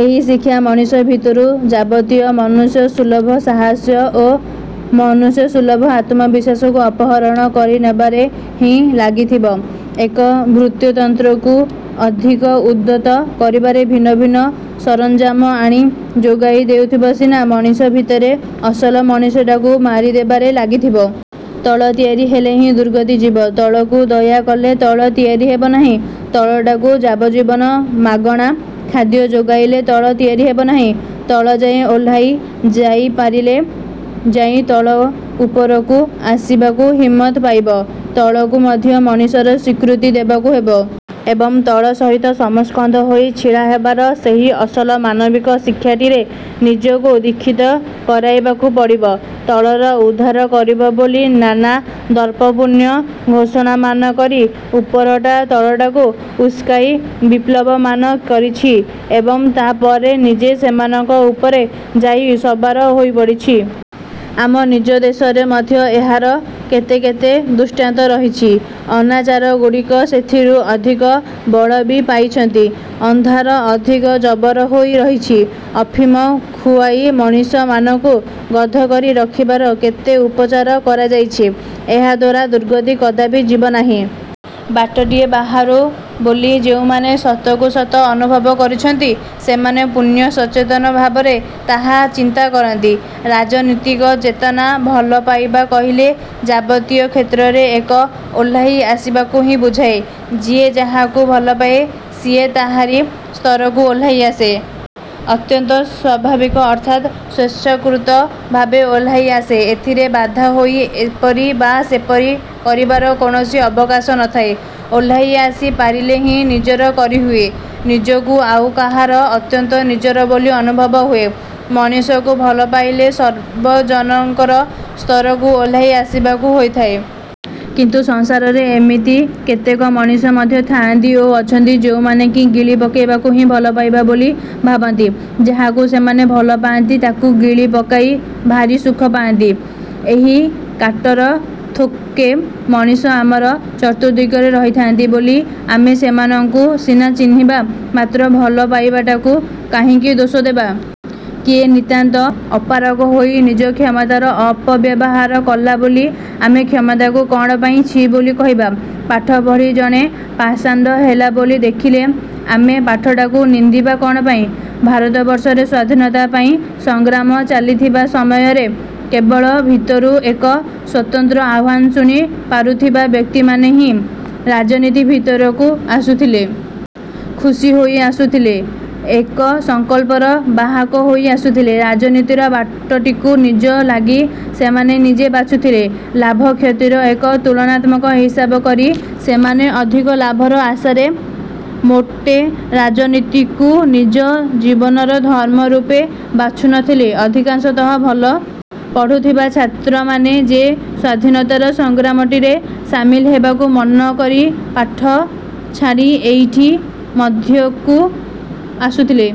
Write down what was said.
ଏହି ଶିକ୍ଷା ମଣିଷ ଭିତରୁ ଯାବତୀୟ ମନୁଷ୍ୟସୁଲଭ ସାହସ ଓ ମନୁଷ୍ୟସୁଲଭ ଆତ୍ମବିଶ୍ୱାସକୁ ଅପହରଣ କରି ନେବାରେ ହିଁ ଲାଗିଥିବ। ଏକ ଭୃତ୍ୟତନ୍ତ୍ରକୁ ଅଧିକ ଉଦ୍ଧତ କରିବାରେ ଭିନ୍ନ ଭିନ୍ନ ସରଂଜାମ ଆଣି ଯୋଗାଇ ଦେଉଥିବ ସିନା, ମଣିଷ ଭିତରେ ଅସଲ ମଣିଷଟାକୁ ମାରିଦେବାରେ ଲାଗିଥିବ। ତଳ ତିଆରି ହେଲେ ହିଁ ଦୁର୍ଗତି ଯିବ। ତଳକୁ ଦୟା କଲେ ତଳ ତିଆରି ହେବ ନାହିଁ। ତଳଟାକୁ ଯାବଜ୍ଜୀବନ ମାଗଣା ଖାଦ୍ୟ ଯୋଗାଇଲେ ତଳ ତିଆରି ହେବ ନାହିଁ। ତଳଯାଏ ଓହ୍ଲାଇ ଯାଇପାରିଲେ ଯାଇ ତଳ ଉପରକୁ ଆସିବାକୁ ହିମ୍ମତ ପାଇବ। ତଳକୁ ମଧ୍ୟ ମଣିଷର ସ୍ୱୀକୃତି ଦେବାକୁ ହେବ। ଏବଂ, ତଳ ସହିତ ସମସ୍କନ୍ଧ ହୋଇ ଛିଡ଼ା ହେବାର ସେହି ଅସଲ ମାନବିକ ଶିକ୍ଷାଟିରେ ନିଜକୁ ଦୀକ୍ଷିତ କରାଇବାକୁ ପଡ଼ିବ। ତଳର ଉଦ୍ଧାର କରିବ ବୋଲି ନାନା ଦର୍ପପୂର୍ଣ୍ଣ ଘୋଷଣାମାନ କରି ଉପରଟା ତଳଟାକୁ ଉସ୍କାଇ ବିପ୍ଳବମାନ କରିଛି ଏବଂ ତା'ପରେ ନିଜେ ସେମାନଙ୍କ ଉପରେ ଯାଇ ସବାର ହୋଇପଡ଼ିଛି। ଆମ ନିଜ ଦେଶରେ ମଧ୍ୟ ଏହାର କେତେ କେତେ ଦୃଷ୍ଟାନ୍ତ ରହିଛି। ଅନାଚାରଗୁଡ଼ାକ ସେଥିରୁ ଅଧିକ ବଳ ବି ପାଇଛନ୍ତି। ଅନ୍ଧାର ଅଧିକ ଜବର ହୋଇ ରହିଛି। ଅଫିମ ଖୁଆଇ ମଣିଷମାନଙ୍କୁ ଗଧ କରି ରଖିବାର କେତେ ଉପଚାର କରାଯାଇଛି। ଏହାଦ୍ଵାରା ଦୁର୍ଗତି କଦାପି ଯିବନାହିଁ। ବାଟଟିଏ ବାହାରୁ ବୋଲି ଯେଉଁମାନେ ସତକୁ ସତ ଅନୁଭବ କରୁଛନ୍ତି, ସେମାନେ ପୂର୍ଣ୍ଣ ସଚେତନ ଭାବରେ ତାହା ଚିନ୍ତା କରନ୍ତୁ। ରାଜନୀତିକ ଚେତନା ଭଲ ପାଇବା କହିଲେ ଯାବତୀୟ କ୍ଷେତ୍ରରେ ଏକ ଓହ୍ଲାଇ ଆସିବାକୁ ହିଁ ବୁଝାଏ। ଯିଏ ଯାହାକୁ ଭଲପାଏ, ସିଏ ତାହାରି ସ୍ତରକୁ ଓହ୍ଲାଇ ଆସେ। ଅତ୍ୟନ୍ତ ସ୍ଵାଭାବିକ ଅର୍ଥାତ୍ ସ୍ୱେଚ୍ଛାକୃତ ଭାବେ ଓହ୍ଲାଇ ଆସେ। ଏଥିରେ ବାଧ୍ୟ ହୋଇ ଏପରି ବା ସେପରି କରିବାର କୌଣସି ଅବକାଶ ନଥାଏ। ଓହ୍ଲାଇ ଆସି ପାରିଲେ ହିଁ ନିଜର କରିହୁଏ, ନିଜକୁ ଆଉ କାହାର ଅତ୍ୟନ୍ତ ନିଜର ବୋଲି ଅନୁଭବ ହୁଏ। ମଣିଷକୁ ଭଲ ପାଇଲେ ସର୍ବଜନଙ୍କର ସ୍ତରକୁ ଓହ୍ଲାଇ ଆସିବାକୁ ହୋଇଥାଏ। କିନ୍ତୁ ସଂସାରରେ ଏମିତି କେତେକ ମଣିଷ ମଧ୍ୟ ଥାଆନ୍ତି ଓ ଅଛନ୍ତି, ଯୋଉମାନେ କି ଗିଳି ପକାଇବାକୁ ହି ଭଲପାଇବା ବୋଲି ଭାବନ୍ତି। ଯାହାକୁ ସେମାନେ ଭଲ ପାଆନ୍ତି, ତାକୁ ଗିଳି ପକାଇ ଭାରି ସୁଖ ପାଆନ୍ତି। ଏହି କାଟର ଥୋକେ ମଣିଷ ଆମର ଚତୁର୍ଦ୍ଦିଗରେ ରହିଥାନ୍ତି ବୋଲି ଆମେ ସେମାନଙ୍କୁ ସିନା ଚିହ୍ନିବା, ମାତ୍ର ଭଲ ପାଇବାଟାକୁ କାହିଁକି ଦୋଷ ଦେବା? କିଏ ନିତାନ୍ତ ଅପାରଗ ହୋଇ ନିଜ କ୍ଷମତାର ଅପବ୍ୟବହାର କଲା ବୋଲି ଆମେ କ୍ଷମତାକୁ କ'ଣ ପାଇଁ ଛି ବୋଲି କହିବା? ପାଠ ପଢ଼ି ଜଣେ ପାଷଣ୍ଡ ହେଲା ବୋଲି ଦେଖିଲେ ଆମେ ପାଠଟାକୁ ନିନ୍ଦିବା କ'ଣ ପାଇଁ? ଭାରତବର୍ଷରେ ସ୍ୱାଧୀନତା ପାଇଁ ସଂଗ୍ରାମ ଚାଲିଥିବା ସମୟରେ କେବଳ ଭିତରୁ ଏକ ସ୍ୱତନ୍ତ୍ର ଆହ୍ୱାନ ଶୁଣି ପାରୁଥିବା ବ୍ୟକ୍ତିମାନେ ହିଁ ରାଜନୀତି ଭିତରକୁ ଆସୁଥିଲେ। ଖୁସି ହୋଇ ଆସୁଥଲେ, ଏକ ସଂକଳ୍ପର ବାହକ ହୋଇ ଆସୁଥିଲେ। ରାଜନୀତିର ବାଟଟିକୁ ନିଜ ଲାଗି ସେମାନେ ନିଜେ ବାଛୁଥିଲେ। ଲାଭକ୍ଷତିର ଏକ ତୁଳନାତ୍ମକ ହିସାବ କରି ସେମାନେ ଅଧିକ ଲାଭର ଆଶାରେ ମୋଟେ ରାଜନୀତିକୁ ନିଜ ଜୀବନର ଧର୍ମ ରୂପେ ବାଛୁନଥିଲେ। ଅଧିକାଂଶତଃ ଭଲ ପଢୁଥିବା ଛାତ୍ରମାନେ ଯେ ସ୍ୱାଧୀନତାର ସଂଗ୍ରାମଟିରେ ସାମିଲ ହେବାକୁ ମନକରି ପାଠ ଛାଡ଼ି ଏଇଟି ମଧ୍ୟକୁ ଆସୁଥଲେ,